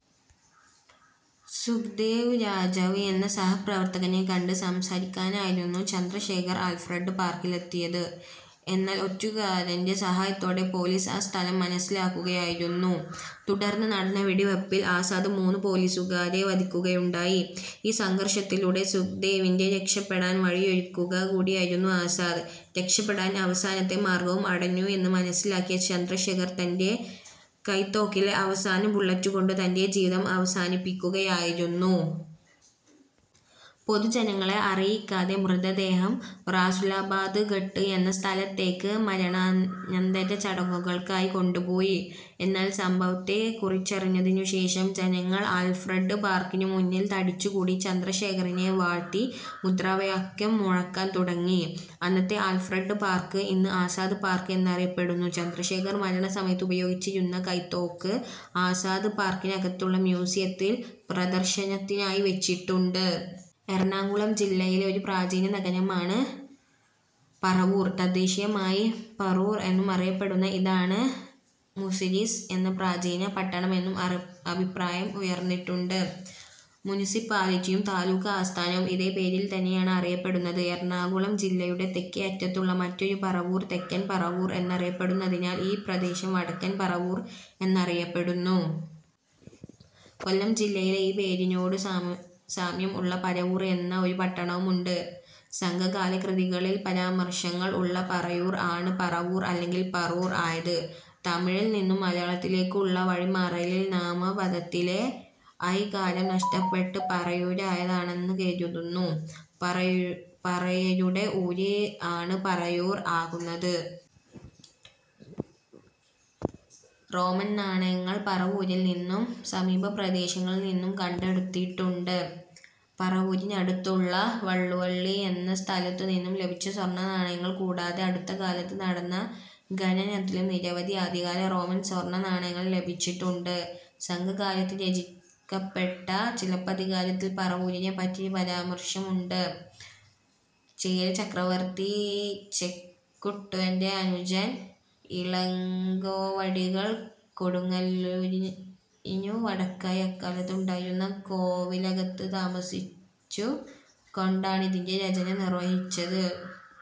സുഖ്ദേവ് രാജാവ് എന്ന സഹപ്രവർത്തകനെ കണ്ട് സംസാരിക്കാനായിരുന്നു ചന്ദ്രശേഖർ ആൽഫ്രഡ് പാർക്കിലെത്തിയത്. എന്നാൽ ഒറ്റുകാരന്റെ സഹായത്തോടെ പോലീസ് ആ സ്ഥലം മനസ്സിലാക്കുകായിരുന്നു. തുടർന്നു നടന്ന വെടിവെപ്പിൽ ആസാദ് മൂന്നു പോലീസുകാരെ വധിക്കുകയുണ്ടായി. ഈ സംഘർഷത്തിലൂടെ സുഖ്ദേവിന് രക്ഷപ്പെടാൻ വഴിയൊരുക്കുക കൂടിയായിരുന്നു ആസാദ്. രക്ഷപ്പെടാൻ അവസാനത്തെ മാർഗ്ഗവും അടഞ്ഞു എന്ന് മനസ്സിലാക്കിയ ചന്ദ്രശേഖർ തന്റെ കൈത്തോക്കിലെ അവസാന ബുള്ളറ്റുകൊണ്ട് തന്റെ ജീവിതം അവസാനിപ്പിക്കുകയായിരുന്നു. പൊതുജനങ്ങളെ അറിയിക്കാതെ മൃതദേഹം റാസുലാബാദ് ഘട്ട് എന്ന സ്ഥലത്തേക്ക് മരണാനന്തര ചടങ്ങുകൾക്കായി കൊണ്ടു പോയി. എന്നാൽ സംഭവത്തെക്കുറിച്ചറിഞ്ഞതിനുശേഷം ജനങ്ങൾ ആൽഫ്രഡ് പാർക്കിനുമുന്നിൽ തടിച്ചു കൂടി ചന്ദ്രശേഖറിനെ വാഴ്ത്തി മുദ്രാവാക്യം മുഴക്കാൻ തുടങ്ങി. അന്നത്തെ ആൽഫ്രഡ് പാർക്ക് ഇന്ന് ആസാദ് പാർക്ക് എന്നറിയപ്പെടുന്നു. ചന്ദ്രശേഖർ മരണസമയത്ത് ഉപയോഗിച്ചിരുന്ന കൈത്തോക്ക് ആസാദ് പാർക്കിനകത്തുള്ള മ്യൂസിയത്തിൽ പ്രദർശനത്തിനായി വെച്ചിട്ടുണ്ട്. എറണാകുളം ജില്ലയിലെ ഒരു പ്രാചീന നഗരമാണ് പറവൂർ. തദ്ദേശീയമായി പറൂർ എന്നും അറിയപ്പെടുന്ന ഇതാണ് മുസിരിസ് എന്ന പ്രാചീന പട്ടണമെന്നും അഭിപ്രായം ഉയർന്നിട്ടുണ്ട്. മുൻസിപ്പാലിറ്റിയും താലൂക്ക് ആസ്ഥാനവും ഇതേ പേരിൽ തന്നെയാണ് അറിയപ്പെടുന്നത്. എറണാകുളം ജില്ലയുടെ തെക്കേ അറ്റത്തുള്ള മറ്റൊരു പറവൂർ തെക്കൻ പറവൂർ എന്നറിയപ്പെടുന്നതിനാൽ, ഈ പ്രദേശം വടക്കൻ പറവൂർ എന്നറിയപ്പെടുന്നു. കൊല്ലം ജില്ലയിൽ ഈ പേരിനോടു സാമ്യിം സാമ്യം ഉള്ള പരവൂർ എന്ന ഒരു പട്ടണവും ഉണ്ട്. സംഘകാല കൃതികളിൽ പരാമർശങ്ങൾ ഉള്ള പറയൂർ ആണ് പറവൂർ അല്ലെങ്കിൽ പറൂർ ആയത്. തമിഴിൽ നിന്നും മലയാളത്തിലേക്കുള്ള വഴിമാറലിൽ നാമപദത്തിലെ ഐ കാരം നഷ്ടപ്പെട്ട് പറയൂരായതാണ് എന്നു കരുതുന്നു. പറയരുടെ ഊര് ആണ് പറയൂർ ആകുന്നത്. റോമൻ നാണയങ്ങൾ പറവൂരിൽ നിന്നും സമീപപ്രദേശങ്ങളിൽ നിന്നും കണ്ടെടുത്തിട്ടുണ്ട്. പറവൂരിനടുത്തുള്ള വള്ളുവള്ളി എന്ന സ്ഥലത്തുനിന്നും ലഭിച്ച സ്വർണ്ണനാണയങ്ങൾ കൂടാതെ അടുത്തകാലത്ത് നടന്ന ഖനനത്തിലും നിരവധി ആദ്യകാല റോമൻ സ്വർണ്ണനാണയങ്ങൾ ലഭിച്ചിട്ടുണ്ട്. സംഘകാലത്ത് രചിക്കപ്പെട്ട ചിലപ്പതികാരത്തിൽ പറവൂരിനെ പറ്റി പരാമർശമുണ്ട്. ചേരചക്രവർത്തി ചെക്കുട്ടുവന്റെ അനുജൻ ഇളങ്കോവടികൾ കൊടുങ്ങല്ലൂരിനു വടക്കായി അക്കാലത്ത് ഉണ്ടായിരുന്ന കോവിലകത്ത് താമസിച്ചുകൊണ്ടാണിതിന്റെ രചന നിർവ്വഹിച്ചത്.